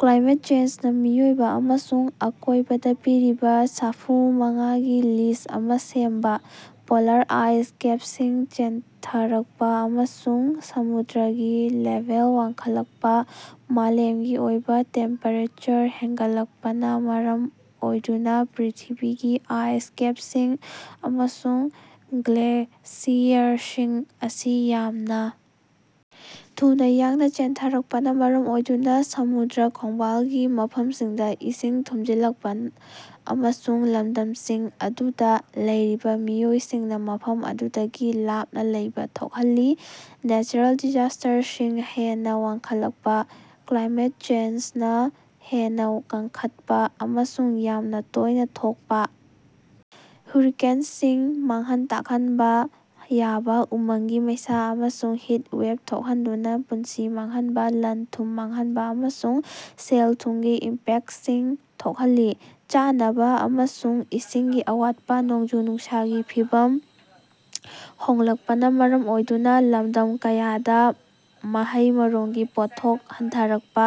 Climate ꯆꯦꯟꯖꯅꯥ ꯃꯤꯑꯣꯏꯕ ꯑꯃꯁꯨꯡ ꯑꯀꯣꯏꯕꯗꯥ ꯄꯤꯔꯤꯕ ꯁꯥꯐꯨ ꯃꯉꯥꯒꯤ ꯂꯤꯁ꯭ꯠ ꯑꯃ ꯁꯦꯝꯕ꯫ ꯄꯣꯂꯥꯔ ꯑꯥꯏꯁ ꯀꯦꯞꯁꯤꯡ ꯆꯦꯟꯊꯔꯛꯄ ꯑꯃꯁꯨꯡ ꯁꯃꯨꯗ꯭ꯔꯒꯤ ꯂꯦꯚꯦꯜ ꯋꯥꯡꯈꯠꯂꯛꯄ - ꯃꯥꯂꯦꯝꯒꯤ ꯑꯣꯏꯕ ꯇꯦꯝꯄꯦꯔꯦꯆꯔ ꯍꯦꯟꯒꯠꯂꯛꯄꯅ ꯃꯔꯝ ꯑꯣꯏꯗꯨꯅ ꯄ꯭ꯔꯤꯊꯤꯕꯤꯒꯤ ꯑꯥꯏꯁ ꯀꯦꯞꯁꯤꯡ ꯑꯃꯁꯨꯡ ꯒ꯭ꯂꯦꯁꯤꯌꯔꯁꯤꯡ ꯑꯁꯤ ꯌꯥꯝꯅ ꯊꯨꯅ ꯌꯥꯡꯅ ꯆꯦꯟꯊꯔꯛꯄꯅ ꯃꯔꯝ ꯑꯣꯏꯗꯨꯅ ꯁꯃꯨꯗ꯭ꯔ ꯈꯣꯡꯕꯥꯜꯒꯤ ꯃꯐꯝꯁꯤꯡꯗ ꯏꯁꯤꯡ ꯊꯨꯝꯖꯤꯜꯂꯛꯄ ꯑꯃꯁꯨꯡ ꯂꯝꯗꯝꯁꯤꯡ ꯑꯗꯨꯗ ꯂꯩꯔꯤꯕ ꯃꯤꯑꯣꯏꯁꯤꯡꯅ ꯃꯐꯝ ꯑꯗꯨꯗꯒꯤ ꯂꯥꯞꯅ ꯂꯩꯕ ꯊꯣꯛꯍꯜꯂꯤ꯫ ꯅꯦꯆꯔꯦꯜ ꯗꯤꯖꯥꯁ꯭ꯇꯔꯁꯤꯡ ꯍꯦꯟꯅ ꯐꯒꯠꯂꯛꯄ - ꯀ꯭ꯂꯥꯏꯃꯦꯠ ꯆꯦꯟꯖꯅꯥ ꯍꯦꯟꯅ ꯀꯟꯈꯠꯄ ꯑꯃꯁꯨꯡ ꯌꯥꯝꯅ ꯇꯣꯏꯅ ꯊꯣꯛꯄ ꯍꯨꯔꯤꯀꯦꯟꯁꯤꯡ, ꯃꯥꯡꯍꯟ ꯇꯥꯛꯍꯟꯕ ꯌꯥꯕ ꯎꯃꯪꯒꯤ ꯃꯩꯁꯥ, ꯑꯃꯁꯨꯡ ꯍꯤꯠ ꯋꯦꯚ ꯊꯣꯛꯍꯟꯗꯨꯅ ꯄꯨꯟꯁꯤ ꯃꯥꯡꯍꯟꯕ, ꯂꯟ-ꯊꯨꯝ ꯃꯥꯡꯍꯟꯕ ꯑꯃꯁꯨꯡ ꯁꯦꯜ-ꯊꯨꯝꯒꯤ ꯏꯝꯄꯦꯛꯁꯤꯡ ꯊꯣꯛꯍꯜꯂꯤ꯫ ꯆꯥꯅꯕ ꯑꯃꯁꯨꯡ ꯏꯁꯤꯡꯒꯤ ꯑꯋꯥꯠꯄ - ꯅꯣꯡꯖꯨ-ꯅꯨꯡꯁꯥꯒꯤ ꯐꯤꯚꯝ ꯍꯣꯡꯂꯛꯄꯅꯥ ꯃꯔꯝ ꯑꯣꯏꯗꯨꯅ ꯂꯝꯗꯝ ꯀꯌꯥꯗ ꯃꯍꯩ-ꯃꯔꯣꯡꯒꯤ ꯄꯣꯠꯊꯣꯛ ꯍꯟꯊꯔꯛꯄ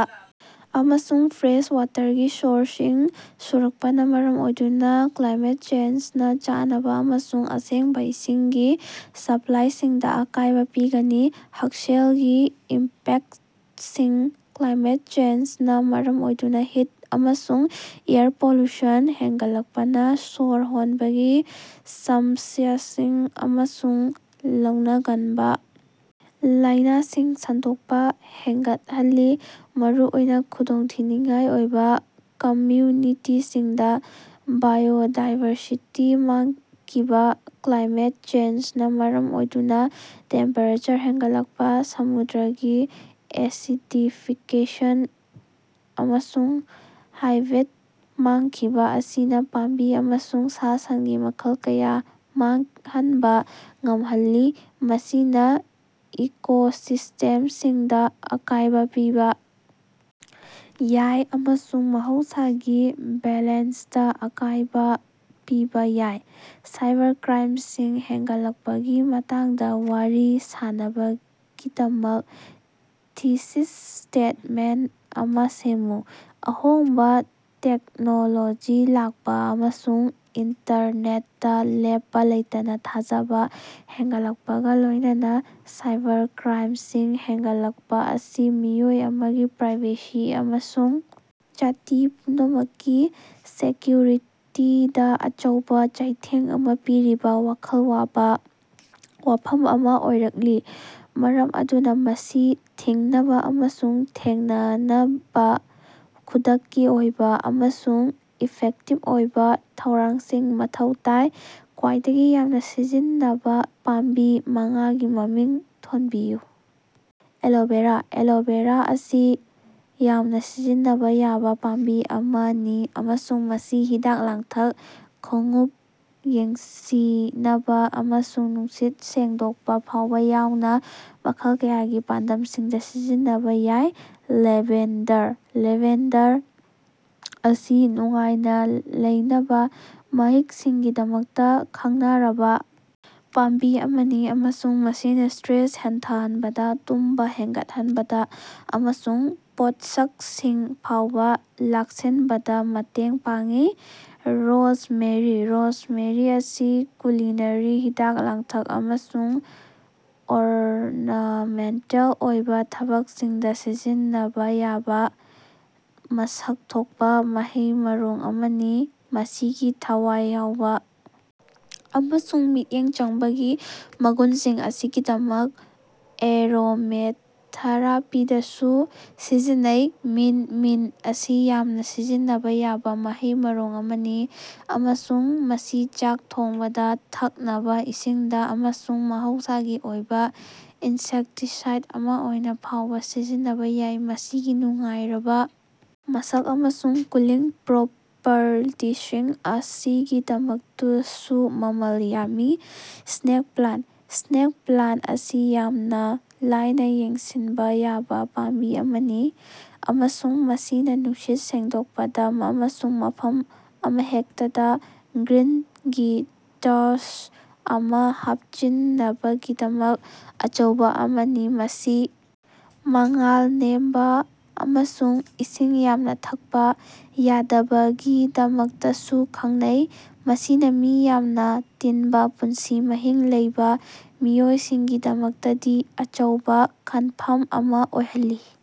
ꯑꯃꯁꯨꯡ ꯐ꯭ꯔꯦꯁ ꯋꯥꯇꯔꯒꯤ ꯁꯣꯔꯁꯁꯤꯡ ꯁꯨꯔꯛꯄꯅꯥ ꯃꯔꯝ ꯑꯣꯏꯗꯨꯅ ꯀ꯭ꯂꯥꯏꯃꯦꯠ ꯆꯦꯟꯖꯅꯥ ꯆꯥꯅꯕꯥ ꯑꯃꯁꯨꯡ ꯑꯁꯦꯡꯕ ꯏꯁꯤꯡꯒꯤ ꯁꯄ꯭ꯂꯥꯏꯁꯤꯡꯗ ꯑꯀꯥꯏꯕ ꯄꯤꯒꯅꯤ꯫ ꯍꯛꯁꯦꯜꯒꯤ ꯏꯝꯄꯦꯛꯁꯤꯡ - ꯀ꯭ꯂꯥꯏꯃꯦꯠ ꯆꯦꯟꯖꯅꯥ ꯃꯔꯝ ꯑꯣꯏꯗꯨꯅ ꯍꯤꯠ ꯑꯃꯁꯨꯡ ꯑꯦꯌꯔ ꯄꯣꯂꯨꯁꯟ ꯍꯦꯟꯒꯠꯂꯛꯄꯅꯥ ꯁꯣꯔ ꯍꯣꯟꯕꯒꯤ ꯁꯃꯁ꯭ꯌꯥꯁꯤꯡ ꯑꯃꯁꯨꯡ ꯂꯧꯅꯒꯟꯕ ꯂꯥꯏꯅꯥꯁꯤꯡ ꯁꯟꯗꯣꯛꯄ ꯍꯦꯟꯒꯠꯍꯜꯂꯤ, ꯃꯔꯨꯑꯣꯏꯅ ꯈꯨꯗꯣꯡꯊꯤꯅꯤꯉꯥꯏ ꯑꯣꯏꯕꯥ ꯀꯝꯃ꯭ꯌꯨꯅꯤꯇꯤꯁꯤꯡꯗ꯫ ꯕꯥꯏꯑꯣꯗꯥꯏꯕꯔꯁꯤꯇꯤ ꯃꯥꯡꯈꯤꯕ - ꯀ꯭ꯂꯥꯏꯃꯦꯠ ꯆꯦꯟꯖꯅꯥ ꯃꯔꯝ ꯑꯣꯏꯗꯨꯅ ꯇꯦꯝꯄꯦꯔꯦꯆꯔ ꯍꯦꯟꯒꯠꯂꯛꯄ, ꯁꯃꯨꯗ꯭ꯔꯒꯤ ꯑꯦꯁꯤꯗꯤꯐꯤꯀꯦꯁꯟ, ꯑꯃꯁꯨꯡ ꯍꯥꯏꯕꯦꯠ ꯃꯥꯡꯈꯤꯕ ꯑꯁꯤꯅ ꯄꯥꯝꯕꯤ ꯑꯃꯁꯨꯡ ꯁꯥ-ꯁꯟꯒꯤ ꯃꯈꯜ ꯀꯌꯥ ꯃꯥꯡꯍꯟꯕ ꯉꯝꯍꯜꯂꯤ, ꯃꯁꯤꯅ ꯏꯀꯣꯁꯤꯁꯇꯦꯝꯁꯤꯡꯗ ꯑꯀꯥꯏꯕ ꯄꯤꯕ ꯌꯥꯏ ꯑꯃꯁꯨꯡ ꯃꯍꯧꯁꯥꯒꯤ ꯕꯦꯂꯦꯟꯁꯇꯥ ꯑꯀꯥꯏꯕ ꯄꯤꯕ ꯌꯥꯏ꯫ ꯁꯥꯏꯕꯔꯀ꯭ꯔꯥꯏꯝꯁꯤꯡ ꯍꯦꯟꯒꯠꯂꯛꯄꯒꯤ ꯃꯇꯥꯡꯗ ꯋꯥꯔꯤ ꯁꯥꯅꯕꯒꯤꯗꯃꯛ ꯊꯤꯁꯤꯁ ꯁ꯭ꯇꯦꯠꯃꯦꯟ ꯑꯃ ꯁꯦꯝꯃꯨ꯫ ꯑꯍꯣꯡꯕ ꯇꯦꯛꯅꯣꯂꯣꯖꯤ ꯂꯥꯛꯄ ꯑꯃꯁꯨꯡ ꯏꯟꯇꯔꯅꯦꯠꯇꯥ ꯂꯦꯞꯄ ꯂꯩꯇꯅꯥ ꯊꯥꯖꯕꯥ ꯍꯦꯟꯒꯠꯂꯛꯄꯒ ꯂꯣꯏꯅꯅꯥ, ꯁꯥꯏꯕꯔꯀ꯭ꯔꯥꯏꯝꯁꯤꯡ ꯍꯦꯟꯒꯠꯂꯛꯄꯥ ꯑꯁꯤ ꯃꯤꯑꯣꯏ ꯑꯃꯒꯤ ꯄ꯭ꯔꯥꯏꯚꯦꯁꯤ ꯑꯃꯁꯨꯡ ꯖꯥꯇꯤ ꯄꯨꯝꯅꯃꯛꯀꯤ ꯁꯦꯀ꯭ꯌꯨꯔꯤꯇꯤꯗ ꯑꯆꯧꯕ ꯆꯩꯊꯦꯡ ꯑꯃ ꯄꯤꯔꯤꯕ ꯋꯥꯈꯜ ꯋꯥꯕ ꯋꯥꯐꯝ ꯑꯃ ꯑꯣꯏꯔꯛꯂꯤ, ꯃꯔꯝ ꯑꯗꯨꯅ ꯃꯁꯤ ꯊꯤꯡꯅꯕ ꯑꯃꯁꯨꯡ ꯊꯦꯡꯅꯅꯕꯥ ꯈꯨꯗꯛꯀꯤ ꯑꯣꯏꯕ ꯑꯃꯁꯨꯡ ꯏꯐꯦꯛꯇꯤꯚ ꯑꯣꯏꯕ ꯊꯧꯔꯥꯡꯁꯤꯡ ꯃꯊꯧ ꯇꯥꯏ꯫ ꯈ꯭ꯋꯥꯏꯗꯒꯤ ꯌꯥꯝꯅ ꯁꯤꯖꯤꯟꯅꯕ ꯄꯥꯝꯕꯤ ꯃꯉꯥꯒꯤ ꯃꯃꯤꯡ ꯊꯣꯟꯕꯤꯌꯨ꯫ ꯑꯦꯂꯣꯚꯦꯔꯥ - ꯑꯦꯂꯣꯚꯦꯔꯥ ꯑꯁꯤ ꯌꯥꯝꯅ ꯁꯤꯖꯤꯟꯅꯕ ꯌꯥꯕ ꯄꯥꯝꯕꯤ ꯑꯃꯅꯤ ꯑꯃꯁꯨꯡ ꯃꯁꯤ ꯍꯤꯗꯥꯛ ꯂꯥꯡꯊꯛ, ꯈꯣꯡꯎꯞ ꯌꯦꯡꯁꯤꯅꯕꯥ, ꯑꯃꯁꯨꯡ ꯅꯨꯡꯁꯤꯠ ꯁꯦꯡꯗꯣꯛꯄ ꯐꯥꯎꯕ ꯌꯥꯎꯅ ꯃꯈꯜ ꯀꯌꯥꯒꯤ ꯄꯥꯟꯗꯝꯁꯤꯡꯗ ꯁꯤꯖꯤꯟꯅꯕ ꯌꯥꯏ꯫ ꯂꯦꯚꯦꯟꯗꯔ - ꯂꯦꯚꯦꯟꯗꯔ ꯑꯁꯤ ꯅꯨꯡꯉꯥꯏꯅ ꯂꯩꯅꯕꯥ ꯃꯍꯤꯛꯁꯤꯡꯒꯤꯗꯃꯛꯇ ꯈꯪꯅꯔꯕꯥ ꯄꯥꯝꯕꯤ ꯑꯃꯅꯤ ꯑꯃꯁꯨꯡ ꯃꯁꯤꯅ ꯁ꯭ꯇꯔꯦꯁ ꯍꯟꯊꯍꯟꯕꯗ, ꯇꯨꯝꯕ ꯍꯦꯟꯒꯠꯍꯟꯕꯗ ꯑꯃꯁꯨꯡ ꯄꯣꯠꯁꯛꯁꯤꯡ ꯐꯥꯎꯕ ꯂꯥꯛꯁꯤꯟꯕꯗꯥ ꯃꯇꯦꯡ ꯄꯥꯡꯏ꯫ ꯔꯣꯖꯃꯦꯔꯤ - ꯔꯣꯖꯃꯦꯔꯤ ꯑꯁꯤ ꯀꯨꯂꯤꯅꯔꯤ, ꯍꯤꯗꯥꯛ-ꯂꯥꯡꯊꯛ ꯑꯃꯁꯨꯡ ꯑꯣꯔꯅꯥꯃꯦꯟꯇꯦꯜ ꯑꯣꯏꯕ ꯊꯕꯛꯁꯤꯡꯗ ꯁꯤꯖꯤꯟꯅꯕꯥ ꯌꯥꯕ ꯃꯁꯛ ꯊꯣꯛꯄ ꯃꯍꯩ-ꯃꯔꯣꯡ ꯑꯃꯅꯤ꯫ ꯃꯁꯤꯒꯤ ꯊꯋꯥꯏ ꯌꯥꯎꯕ ꯑꯃꯁꯨꯡ ꯃꯤꯠꯌꯦꯡ ꯆꯪꯕꯒꯤ ꯃꯒꯨꯟꯁꯤꯡ ꯑꯁꯤꯒꯤꯗꯃꯛ ꯑꯦꯔꯣꯃꯦꯊꯦꯔꯥꯄꯤꯗꯁꯨ ꯁꯤꯖꯤꯟꯅꯩ꯫ ꯃꯤꯟ - ꯃꯤꯟ ꯑꯁꯤ ꯌꯥꯝꯅ ꯁꯤꯖꯤꯟꯅꯕꯥ ꯌꯥꯕ ꯃꯍꯩ-ꯃꯔꯣꯡ ꯑꯃꯅꯤ ꯑꯃꯁꯨꯡ ꯃꯁꯤ ꯆꯥꯛ ꯊꯣꯡꯕꯗ, ꯊꯛꯅꯕ ꯏꯁꯤꯡꯗ ꯑꯃꯁꯨꯡ ꯃꯍꯧꯁꯥꯒꯤ ꯑꯣꯏꯕ ꯏꯟꯁꯦꯛꯇꯤꯁꯥꯏꯗ ꯑꯃ ꯑꯣꯏꯅ ꯐꯥꯎꯕ ꯁꯤꯖꯤꯟꯅꯕꯥ ꯌꯥꯏ꯫ ꯃꯁꯤꯒꯤ ꯅꯨꯡꯉꯥꯏꯔꯕꯥ ꯃꯁꯛ ꯑꯃꯁꯨꯡ ꯀꯨꯂꯤꯡ ꯄ꯭ꯔꯣꯄꯔꯇꯤꯁꯤꯡ ꯑꯁꯤꯒꯤꯗꯃꯛꯇꯁꯨ ꯃꯃꯜ ꯌꯥꯝꯃꯤ꯫ ꯁ꯭ꯅꯦꯛ ꯄ꯭ꯂꯥꯟ - ꯁ꯭ꯅꯦꯛ ꯄ꯭ꯂꯥꯟ ꯑꯁꯤ ꯌꯥꯝꯅ ꯂꯥꯏꯅꯥ ꯌꯦꯡꯁꯤꯟꯕ ꯌꯥꯕ ꯄꯥꯝꯕꯤ ꯑꯃꯅꯤ ꯑꯃꯁꯨꯡ ꯃꯁꯤꯅ ꯅꯨꯡꯁꯤꯠ ꯁꯦꯡꯗꯣꯛꯄꯗ ꯑꯃꯁꯨꯡ ꯃꯐꯝ ꯑꯃꯍꯦꯛꯇꯗ ꯒ꯭ꯔꯤꯟꯒꯤ ꯇꯆ ꯑꯃ ꯍꯥꯞꯆꯤꯟꯅꯕꯒꯤꯗꯃꯛ ꯑꯆꯧꯕ ꯑꯃꯅꯤ꯫ ꯃꯁꯤ ꯃꯉꯥꯜ ꯅꯦꯝꯕ ꯑꯃꯁꯨꯡ ꯏꯁꯤꯡ ꯌꯥꯝꯅ ꯊꯛꯄ ꯌꯥꯗꯕꯒꯤꯗꯃꯛꯇꯁꯨ ꯈꯪꯅꯩ, ꯃꯁꯤꯅ ꯃꯤ ꯌꯥꯝꯅ ꯇꯤꯟꯕ ꯄꯨꯟꯁꯤ ꯃꯍꯤꯡ ꯂꯩꯕ ꯃꯤꯑꯣꯏꯁꯤꯡꯒꯤꯗꯃꯛꯇꯗꯤ ꯑꯆꯧꯕ ꯈꯟꯐꯝ ꯑꯃ ꯑꯣꯏꯍꯜꯂꯤ꯫